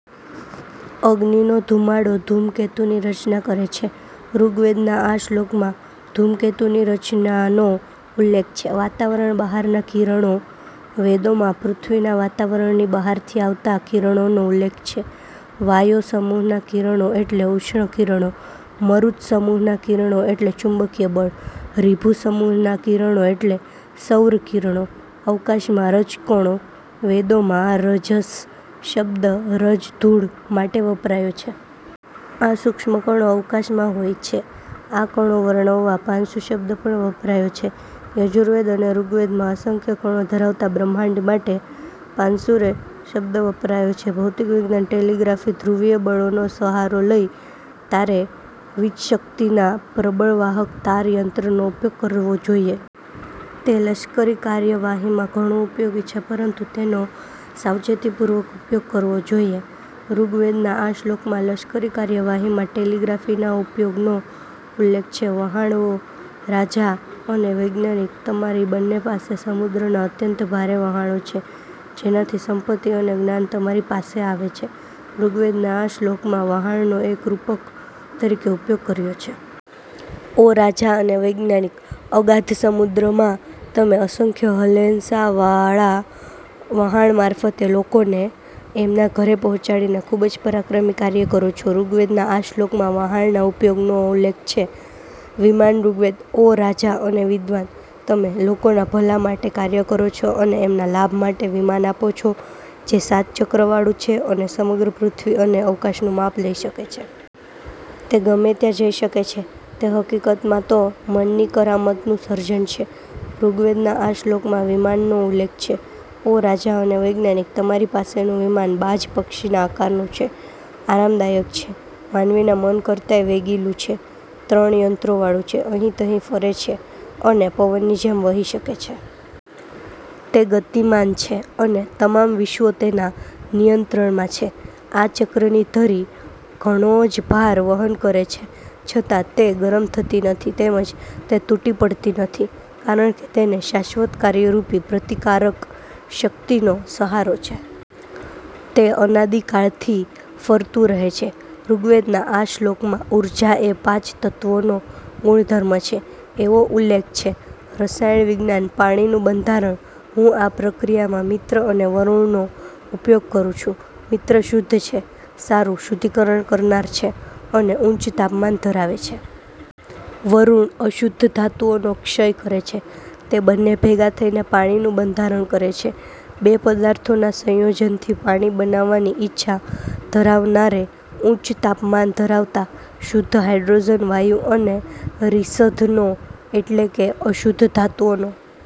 અગ્નિનો ધુમાડો ધૂમકેતુની રચના કરે છે" ઋગ્વેદના આ શ્લોકમાં, ધૂમકેતુ ની રચનાનો ઉલ્લેખ છે. વાતાવરણ બહારના કિરણો વેદોમાં પૃથ્વીના વાતાવરણની બહારથી આવતા કિરણોનો ઉલ્લેખ છે. વાયો સમૂહના કિરણો એટલે ઉષ્ણ કિરણો, મરુત સમૂહના કિરણો એટલે ચુંબકીય બળ, રીભુ સમૂહના કિરણો એટલે સૌર કિરણો અવકાશમાં રજકણો વેદોમાં 'રજસ' શબ્દ રજ-ધૂળ માટે વપરાયો છે. આ સુક્ષ્મ કણો અવકાશમાં હોય છે. આ કણો વર્ણવવા "પાંસુ" શબ્દ પણ વપરાયો છે. યજુર્વેદ અને ઋગ્વેદમાં અસંખ્ય કણો ધરાવતા બ્રહ્માંડ માટે "પાંસુરે" શબ્દ વપરાયો છે ભૌતિક વિજ્ઞાન ટેલીગ્રાફી "ધ્રુવીય બળોનો સહારો લઇ, તારે વીજશક્તિના પ્રબળ વાહક તાર યંત્રનો ઉપયોગ કરવો જોઈએ. તે લશ્કરી કાર્યવાહીમાં ઘણું ઉપયોગી છે પરંતુ તેનો સાવચેતીપૂર્વક ઉપયોગ કરવો જોઈએ" ઋગ્વેદના આ શ્લોકમાં, લશ્કરી કાર્યવાહીમાં ટેલીગ્રાફી ના ઉપયોગનો ઉલ્લેખ છે. વહાણ "ઓ રાજા અને વૈજ્ઞાનિક, તમારી બંને પાસે સમુદ્રનાં અત્યંત ભારે વહાણો છે જેનાથી સંપત્તિ અને જ્ઞાન તમારી પાસે આવે છે" ઋગ્વેદના આ શ્લોકમાં, વહાણનો એક રૂપક તરીકે ઉપયોગ કર્યો છે. "ઓ રાજા અને વૈજ્ઞાનિક, અગાધ સમુદ્રમાં તમે અસંખ્ય હલેસાંવાળા વહાણ મારફતે લોકોને એમના ઘરે પહોંચાડીને ખુબ જ પરાક્રમી કાર્ય કરો છો" ઋગ્વેદના આ શ્લોકમાં, વહાણના ઉપયોગનો ઉલ્લેખ છે. વિમાન ઋગ્વેદ "ઓ રાજા અને વિદ્વાન, તમે લોકોના ભલા માટે કાર્ય કરો છો અને એમના લાભ માટે વિમાન આપો છો જે સાત ચક્રવાળું છે અને સમગ્ર પૃથ્વી અને અવકાશનું માપ લઇ શકે છે. તે ગમે ત્યાં જઈ શકે છે. તે હકીકતમાં તો મનની કરામતનું સર્જન છે" ઋગ્વેદના આ શ્લોકમાં, વિમાનનો ઉલ્લેખ છે. "ઓ રાજા અને વૈજ્ઞાનિક, તમારી પાસેનું વિમાન બાજ પક્ષીના આકારનું છે, આરામદાયક છે, માનવીના મન કરતાંય વેગીલું છે, ત્રણ યંત્રોવાળું છે, અહીં-તહીં ફરે છે અને પવનની જેમ વહી શકે છે. તે ગતિમાન છે અને તમામ વિશ્વો તેના નિયંત્રણમાં છે. આ ચક્રની ધરી ઘણો જ ભાર વહન કરે છે છતાં તે ગરમ થતી નથી તેમજ તે તૂટી પડતી નથી કારણકે તેને શાશ્વત કાર્ય રૂપી પ્રતિકારક શક્તિનો સહારો છે. તે અનાદીકાળથી ફરતું રહે છે" ઋગ્વેદના આ શ્લોકમાં, ઊર્જા એ પાંચ તત્વો નો ગુણધર્મ છે એવો ઉલ્લેખ છે. રસાયણ વિજ્ઞાન પાણીનું બંધારણ "હું આ પ્રક્રિયામાં મિત્ર અને વરુણ નો ઉપયોગ કરું છું. મિત્ર શુદ્ધ છે, સારું શુદ્ધિકરણ કરનાર છે અને ઉચ્ચ તાપમાન ધરાવે છે. વરુણ અશુદ્ધ ધાતુઓનો ક્ષય કરે છે. તે બંને ભેગા થઈને પાણીનું બંધારણ કરે છે" "બે પદાર્થોના સંયોજનથી પાણી બનાવવાની ઈચ્છા ધરાવનારે, ઉચ્ચ તાપમાન ધરાવતા શુદ્ધ હાઇડ્રોજન વાયુ અને 'રીસધ'નો એટલે કે અશુદ્ધ ધાતુઓનો।